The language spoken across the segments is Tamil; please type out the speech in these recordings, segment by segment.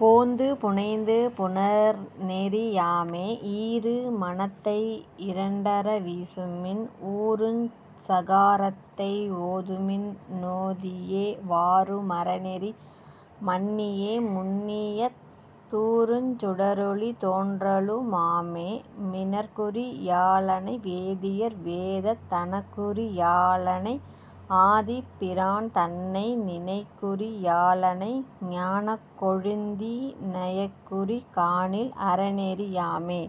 போந்து புனைந்து புணர்நெறி யாமே. ஈரு மனத்தை யிரண்டற வீசுமின் ஊருஞ் சகாரத்தை ஓதுமின் னோதியே வாரு மரநெறி மன்னியே முன்னியத் தூருஞ் சுடரொளி தோன்றலு மாமே மினற்குறி யாளனை வேதியர் வேதத் தனற்குறி யாளனை ஆதிப் பிரான்தன்னை நினைக்குறி யாளனை ஞானக் கொழுந்தி னயக்குறி காணில் அரநெறி யாமே.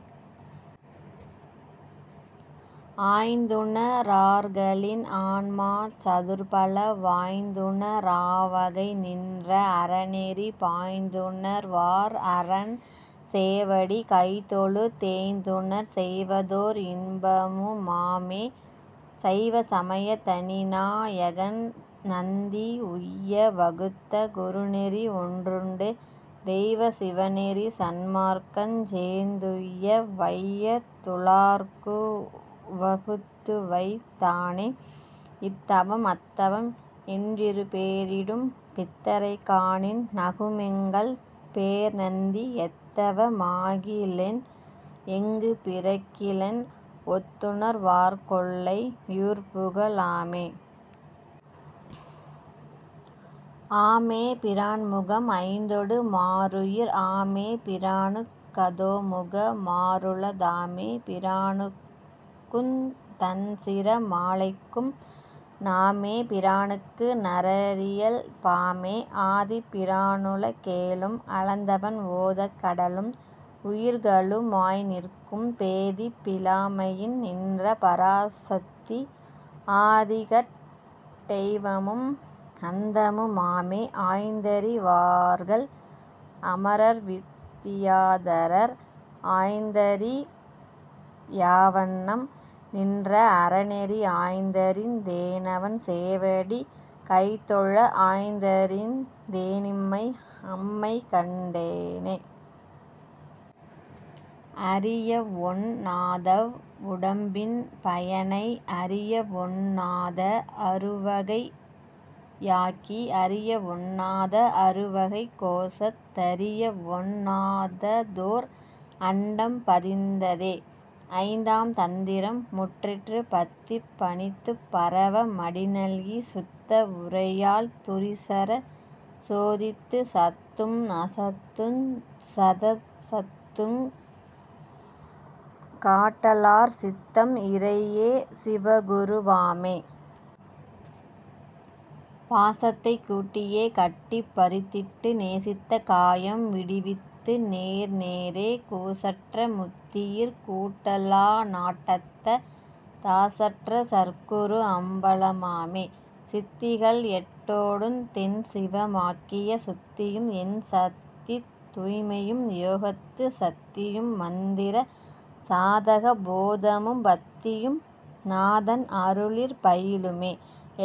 ஆய்ந்துண ரார்களின் ஆன்மாச் சதுர்பல வாய்ந்துண ராவகை நின்ற அரனெறி பாய்ந்துணர் வார் அரன் சேவடி கைதொழு தேய்ந்துணர் செய்வதோர் இன்பமு மாமே. சைவ சமயத் தனிநா யகன்நந்தி உய்ய வகுத்த குருநெறி ஒன்றுண்டு தெய்வச் சிவநெறி சன்மார்க்கஞ் சேர்ந்துய்ய வையத் துளார்க்குவகுத்துவைத் தானே. இத்தவம் அத்தவம் என்றிரு பேரிடும் பித்தரைக் காணின் நகுமெங்கள் பேர்நந்தி எத்தவ மாகிலென் எங்குப் பிறக்கிலென் ஒத்துணர் வார்க்கொல்லை யூர்புக லாமே. ஆமே பிரான்முகம் ஐந்தொடு மாருயிர் ஆமே பிரானுக் கதோமுக மாறுள தாமே பிரானுக்குந் தன்சிர மாலைக்கும் நாமே பிரானுக்கு நரரியல் பாமே. ஆதிப்பிரானுல கேழும் அளந்தவன் ஓதக் கடலும் உயிர்களு மாய்நிற்கும் பேதிப் பிலாமையின் நின்ற பராசத்தி ஆதிக்கட் டெய்வமும் அந்தமு மாமே. ஆய்ந்தறி வார்கள் அமரர்வித் தியாதரர் ஆய்ந்தறி யாவண்ணம் நின்ற அரனெறி ஆய்ந்தறிந் தேனவன் சேவடி கைதொழ ஆய்ந்தறிந் தேனிம்மை அம்மைகண் டேனே. அறியவொண் ணாதவ் வுடம்பின் பயனை அறியவொண் ணாத அறுவகை யாக்கி அறியவொண் ணாத அறுவகைக் கோசத் தறியவொண் ணாததோர் அண்டம் பதிந்ததே. ஐந்தாம் தந்திரம் முற்றிற்று பத்திப் பணித்துப் பரவு மடிநல்கிச் சுத்த வுரையால் துரிசறச் சோதித்துச் சத்தும் அசத்துஞ் சதசத்துங் காட்டலாற் சித்தம் இறையே சிவகுரு வாமே. பாசத்தைக் கூட்டியே கட்டிப் பறித்திட்டு நேசித்த காயம் விடிவித்து நேர்நேரே கூசற்ற முத்தியிற் கூட்டலா நாட்டத்த தாசற்ற சற்குரு அம்பலமாமே. சித்திகள் எட்டோடுந் திண்சிவ மாக்கிய சுத்தியும் எண்சத்தித் தூய்மையும் யோகத்துச் சத்தியும்மந்திர சாதக போதமும் பத்தியும் நாதன் அருளிற் பயிலுமே.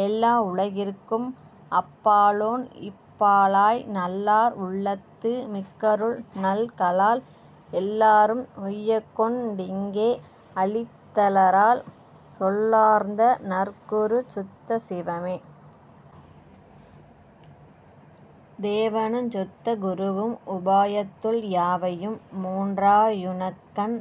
எல்லா உலகிற்கும் அப்பாலோன் இப்பாலாய் நல்லார் உள்ளத்து மிக்கருள் நல்கலால் எல்லாரும் உய்யக்கொண் டிங்கே அளித்தலாற் சொல்லார்ந்த நற்குருச் சுத்த சிவமே. தேவனுஞ் சுத்த குருவும் உபாயத்துள் யாவையும் மூன்றா யுனக்கண்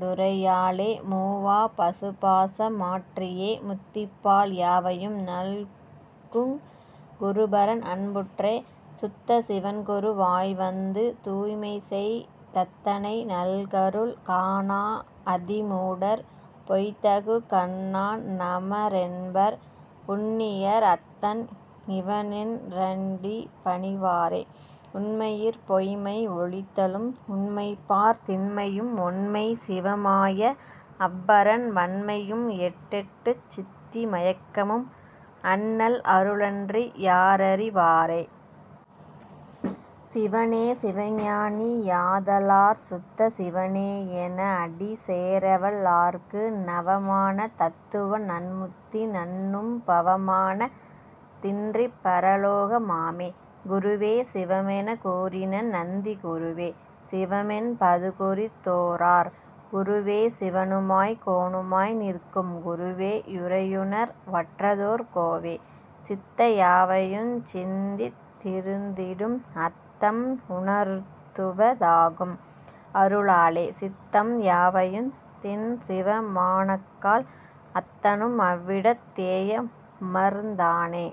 டுரையாலே மூவாப் பசுபாச மாற்றியே முத்திப்பால் யாவையும் நல்குங் குருபரன் அன்புற்றே. சுத்த சிவன்குரு வாய்வந்து தூய்மைசெய் தத்தனை நல்கருள் காணா அதிமூடர் பொய்த்தகு கண்ணான் நமரென்பர் புண்ணியர் அத்தன் இவனென் றடிபணிவாரே. உண்மையிற் பொய்மை ஒழித்தலும் உண்மைப்பார் திண்மையும் ஒண்மைச் சிவமாய அவ்வரன் வண்மையும் எட்டெட்டுச் சித்தி மயக்கமும் அண்ணல் அருளன்றி யாரறி வாரே. சிவனே சிவஞானி யாதலாற் சுத்த சிவனே யெனஅடி சேரவல் லார்க்கு நவமான தத்துவ நன்முத்தி நண்ணும் பவமான தின்றிப் பரலோக மாமே. குருவே சிவமெனக் கூறினன் நந்தி குருவே சிவமென் பதுகுறித் தோரார் குருவே சிவனுமாய்க் கோனுமாய் நிற்கும் குருவே யுரையுணர் வற்றதோர் கோவே. சித்த யாவையுஞ் சிந்தித் திருந்திடும் அத்தம் உணர்த்துவ தாகும் அருளாலே சித்தம் யாவையுந் திண்சிவ மானக்கால் அத்தனும் அவ்விடத் தேயமர்ந் தானே.